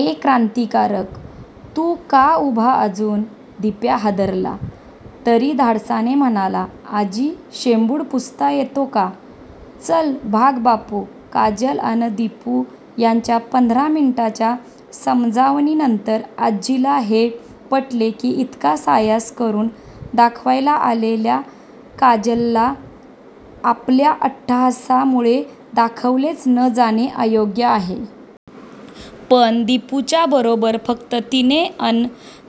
ए क्रान्तीकारक तू का उभा अजून दिप्या हादरला. तरी धाडसाने म्हणाला. आजी शेंबुड पुसता येतो का चल्ल भाग बापू, काजल अन दिपू यांच्या पंधरा मिनिटांच्या समजावणीनंतर आजीला हे पटले की इतका सायास करून दाखवायला आलेल्या काजलला आपल्या अट्टाहासामुळे दाखवलेच न जाणे अयोग्य आहे. पण दिपूच्या बरोबर फक्त तिने अन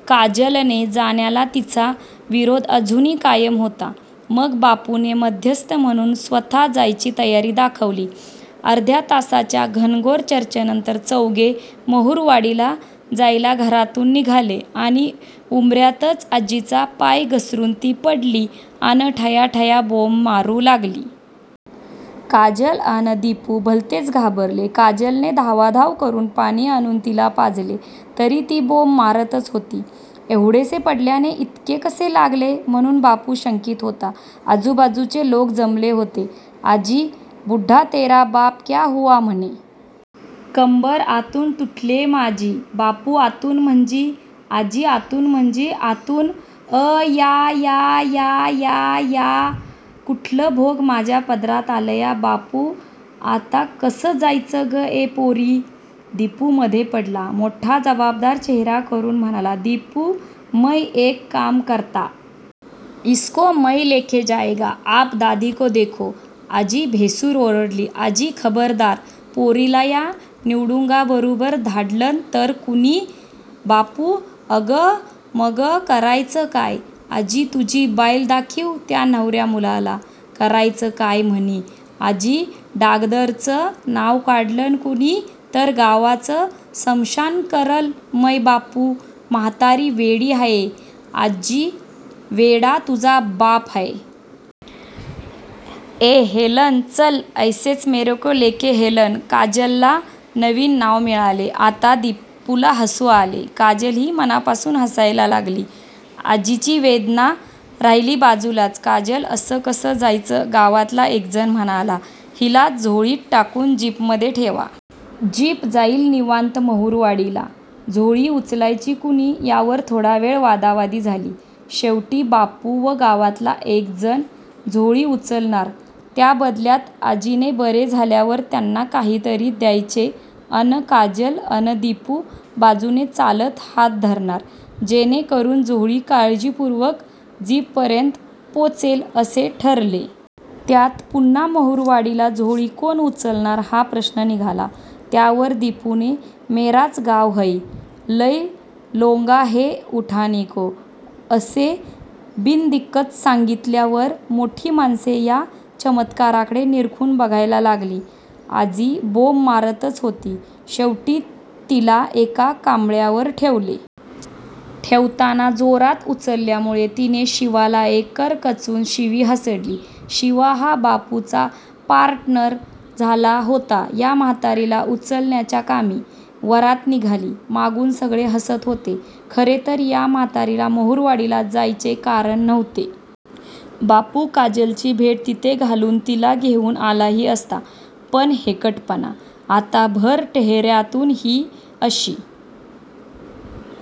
काजलने जाण्याला तिचा विरोध अजूनही कायम होता. मग बापूने मध्यस्थ म्हणून स्वतः जायची तयारी दाखवली. अर्ध्या तासाच्या घनघोर चर्चेनंतर चौघे महुरवाडीला जायला घरातून निघाले आणि उंबर्यातच आजीचा पाय घसरुन ती पडली अन ठयाठया बोंब मारू लागली. काजल अन दिपू भलतेच घाबरले. काजलने धावाधाव करून पाणी आणून तिला पाजले. तरी ती बोंब मारतच होती. एवढेसे पडल्याने इतके कसे लागले म्हणून बापू शंकीत होता. आजूबाजूचे लोक जमले होते. आजी बुढ्ढा तेरा बाप क्या हुवा म्हणे. कंबर आतून तुटलीय माझी बापू आतून म्हंजी? आजी आतून म्हंजी आतून अयायायायाया कुटलं भोग माज्या पदरात आलया. बापू आता कसं जायचं गं ए पोरी दिपू मधे पडला. मोठा जबाबदार चेहरा करून म्हणाला. दिपू मय एक काम करता. इसको मय लेके जायेंगा. आप दादीको देखो.आजी भेसूर ओरडली आजी खबरदार पोरीला या निवडुंगाबरुबर धाडलन तर कुणी बापू अगं मंग करायचं काय आजी तुझी बाईल दाखीव त्या नवर्या मुलाला करायचं काय म्हणी आजी डागदरचं नाव काढलन कुणी तर गावाच शमशान करल मय बापू म्हातारी वेडी हाये आजी वेडा तुझा बाप हाय. ये हेलन चल ऐसेच मेरेको लेके हेलन काजलला नवीन नाव मिळाले. आता दिपूला हसू आले. काजलही मनापासून हसायला लागली. आजीची वेदना राहिली बाजूलाच! काजल असं कसं जायचं गावातला एक जण म्हणाला हिला झोळीत टाकून जीपमधे ठेवा. जीप जाईल निवांत महुरवाडीला. झोळी उचलायची कुणी यावर थोडा वेळ वादावादी झाली. शेवटी बापू व गावातला एक जण झोळी उचलणार, त्याबदल्यात आजीने बरे झाल्यावर त्यांना काहीतरी द्यायचे अन काजल अन दिपू बाजूने चालत हात धरणार, जेणेकरून झोळी काळजीपुर्वक जीपपर्यंत पोचेल असे ठरले. त्यात पुन्हा महुरवाडीला झोळी कोण उचलणार हा प्रश्न निघाला. त्यावर दिपूने 'मेराच गाव हय. लय लोगां है उठानेको' असे बिनदिक्कत सांगीतल्यावर मोठी माणसे या चमत्काराकडे निरखून बघायला लागली. आजी बोंब मारतच होती. शेवटी तिला एका कांबळ्यावर ठेवले. ठेवताना जोरात उचलल्यामुळे तिने शिवाला एक करकचून शिवी हासडली. शिवा हा बापुचा पार्टनर झाला होता या म्हातारीला उचलण्याच्या कामी वरात निघाली. मागून सगळे हसत होते. खरे तर या म्हातारीला महुरवाडीला जायचे कारण नव्हते. बापू काजलची भेट तिथे घालून तिला घेऊन आलाही असता. पण हेकटपणा आता भर टहेर्यातून ही अशी